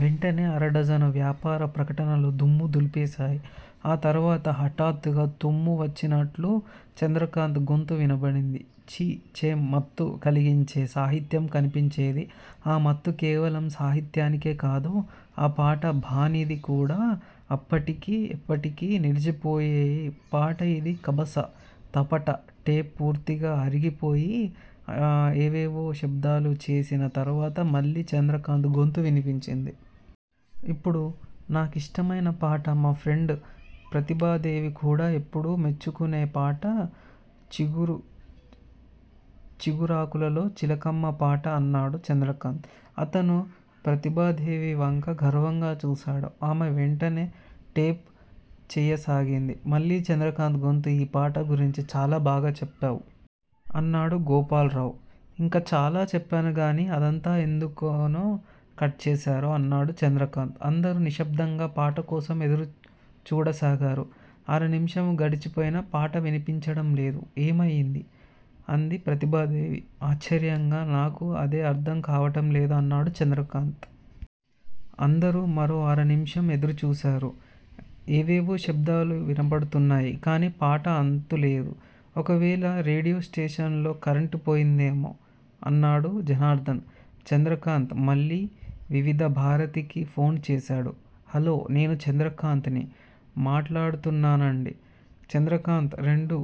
వెంటనే అరడజను వ్యాపార ప్రకటనలు దుమ్ము దులిపేశాయ్. ఆ తరువాత హఠాత్తుగా తుమ్ము వచ్చినట్లు చంద్రకాంత్ గొంతు వినబడింది. ఛీ చెం మత్తు కలిగించే సాహిత్యం కనిపించేది. ఆ మత్తు కేవలం సాహిత్యానికే కాదు. ఆ పాట బాణీది కూడా! అప్పటికీ, ఎప్పటికీ నిలిచిపోయే పాట ఇది- కబస్సా- తపట, టేప్ పూర్తిగా అరిగిపోయి ఏవేవో శబ్దాలు చేసిన తరువాత మళ్ళీ చంద్రకాంత్ గొంతు వినిపించింది. ఇప్పుడు- నాకిష్టమయిన పాట- మా ఫ్రెండ్ ప్రతిభాదేవి కూడా ఎప్పుడూ మెచ్చుకునే పాట- చిగురాకులలో చిలకమ్మా పాట అన్నాడు చంద్రకాంత్. అతను ప్రతిభాదేవి వంక గర్వంగా చూశాడు. ఆమె వెంటనే టేప్ చేయసాగింది. మళ్ళీ చంద్రకాంత్ గొంతు- ఈ పాట గురించి చాలా బాగా చెప్పావు! అన్నాడు గోపాల్రావ్. ఇంకా చాలా చెప్పను గాని అదంతా ఎందుకనో కట్ చేశారు అన్నాడు చంద్రకాంత్. అందరూ నిశ్శబ్దంగా పాట కోసం ఎదురు చూడసాగారు. అరా నిముషం గడిచిపోయినా పాట వినిపించడం లేదు. ఏమయింది? అంది ప్రతిభాదేవి ఆశ్చర్యంగా. నాకూ అదే అర్ధం కావటం లేదు అన్నాడు చంద్రకాంత్. అందరూ మరో అరనిముషం ఎదుర్చూశారు. ఏవేవో శబ్దాలు వినపడుతున్నాయ్. కానీ పాట అంతులేదు. ఒకవేళ రేడియో స్టేషన్ లో కరెంటుపోయిందేమో! అన్నాడు జనార్ధన్. చంద్రకాంత్ మళ్ళీ వివిధభారతికి ఫోన్ చేశాడు. హలో, నేను చంద్రకాంత్ ని మాట్లాడుతున్నానండీ. చంద్రకాంత్ రెండు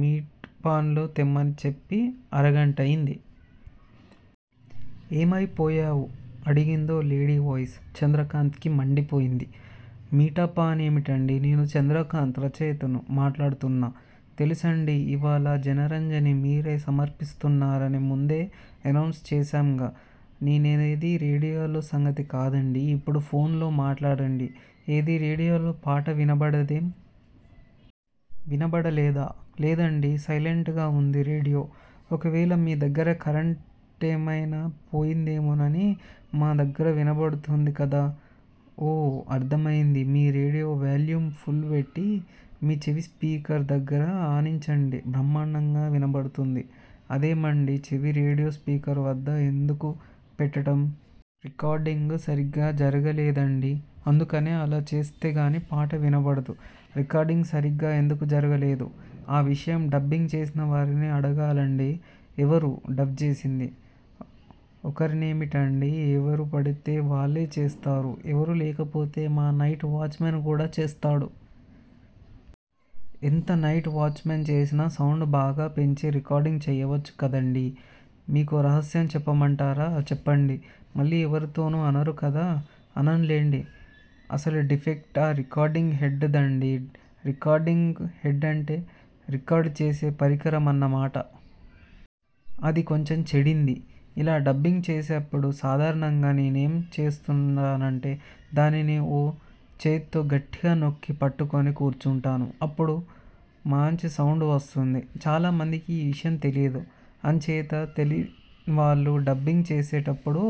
మీటపాన్లు తెమ్మని చెప్పి అరగంటయింది. ఏమైపోయావ్ అడిగిందో లేడీ వాయిస్. చంద్రకాంత్ కి మండిపోయింది. మీటాపాన్ ఏంటండీ! నేను చంద్రకాంత్ రచయితను మాట్లాడుతున్నా! తెలుసండీ. ఇవాళ జనరంజని మీరే సమర్పిస్తున్నారని ముందే ఎనౌన్స్ చేశాంగా. నేననేది రేడియోలో సంగతి కాదండీ ఇప్పుడు ఫోన్ లో- మాట్లాడండి. ఏదీ రేడియోలో పాట వినబడదేం? వినబడలేదా? లేదండీ సైలెంట్ గా ఉంది రేడియో. ఒకవేళ మీ దగ్గర కరెంటేమయినా పోయిందేమోనని- మా దగ్గర వినబడుతోంది కదా! ఓ అర్థమయ్యింది మీ రేడియో వ్యాల్యూమ్ ఫుల్ పెట్టి, మీ చెవి స్పీకర్ దగ్గర ఆనించండి! బ్రహ్మాండంగా వినబడుతుంది. అదేమండి, చెవి రేడియో స్పీకరు వద్ద ఎందుకు పెట్టటం? రికార్డింగ్ సరిగ్గా జరగలేదండీ. అందుకని అలా చేస్తే గానీ పాట వినబడదు రికార్డింగ్ సరిగ్గా ఎందుకు జరగలేదు? ఆ విషయం డబ్బింగ్ చేసినవారిని అడగాలండి! ఎవరు డబ్ చేసింది? ఒకరనేమిటండీ ఎవరుపడితే వాళ్ళే చేస్తారు. ఎవరూ లేకపోతే మా నైట్ వాచ్ మెన్ కూడా చేసేస్తాడు. ఎంత నైట్ వాచ్ మన్ చేసినా సౌండ్ బాగా పెంచి రికార్డింగ్ చేయవచ్చు కదండీ? మీకో రహస్యం చెప్పమంటారా? చెప్పండి. మళ్ళీ ఎవరితోనూ అనరు కదా? అననులెండి. అసలు డిఫెక్ట్ ఆ రికార్డింగ్ హెడ్ దండీ. రికార్డింగ్ హెడ్డంటే? రికార్డ్ చేసే పరికరం అన్న మాట! అది కొంచెం చెడింది. ఇలా డబ్బింగ్ చేసేప్పుడు సాధారణంగా నేనేం చేస్తుంటానంటే దానిని ఓ చేత్తో గట్టిగా నొక్కి పట్టుకుని కూర్చుంటాను. అప్పుడు మాంచి సౌండ్ వస్తుంది. చాలామందికి ఈ విషయం తెలీదు. అంచేత తెలీనివాళ్ళు డబ్బింగ్ చేసేప్పుడు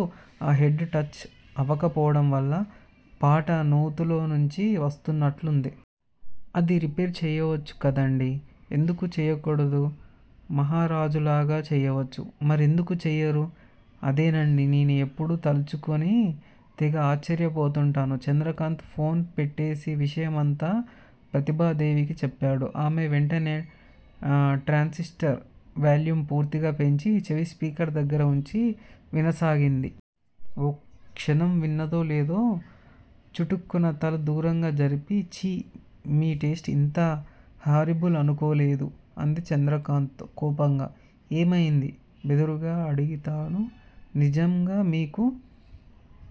ఆ హెడ్ 'టచ్' అవకపోవడం వల్ల పాట నూతిలోంచి వస్తున్నట్లుంటుంది. అది రిపేర్ చెయ్యొచ్చు కదండీ? ఎందుకు చేయకూడదు? మహారాజులాగా చెయ్యవచ్చు. మరెందుకు చేయరు? అదేనండీ, నేనూ ఎప్పుడూ తల్చుకుని తెగ ఆశ్చర్యపోతూంటాను. చంద్రకాంత్ ఫోన్ పెట్టేసి విషయమంతా ప్రతిభాదేవికి చెప్పాడు. ఆమె వెంటనే ట్రాన్సిష్టర్ వాల్యూమ్ పూర్తిగా పెంచి చెవి స్పీకర్ దగ్గర ఉంచి వినసాగింది. ఓ క్షణం విన్నదో లేదో చటుక్కున తల దూరంగా జరిపి ఛీ మీ టేస్టు ఇంత హారిబుల్ అనుకోలేదు అంది చంద్రకాంత్ తో కోపంగా. ఏమయింది? బెదురుగా అడిగాడతను. నిజంగా మీకు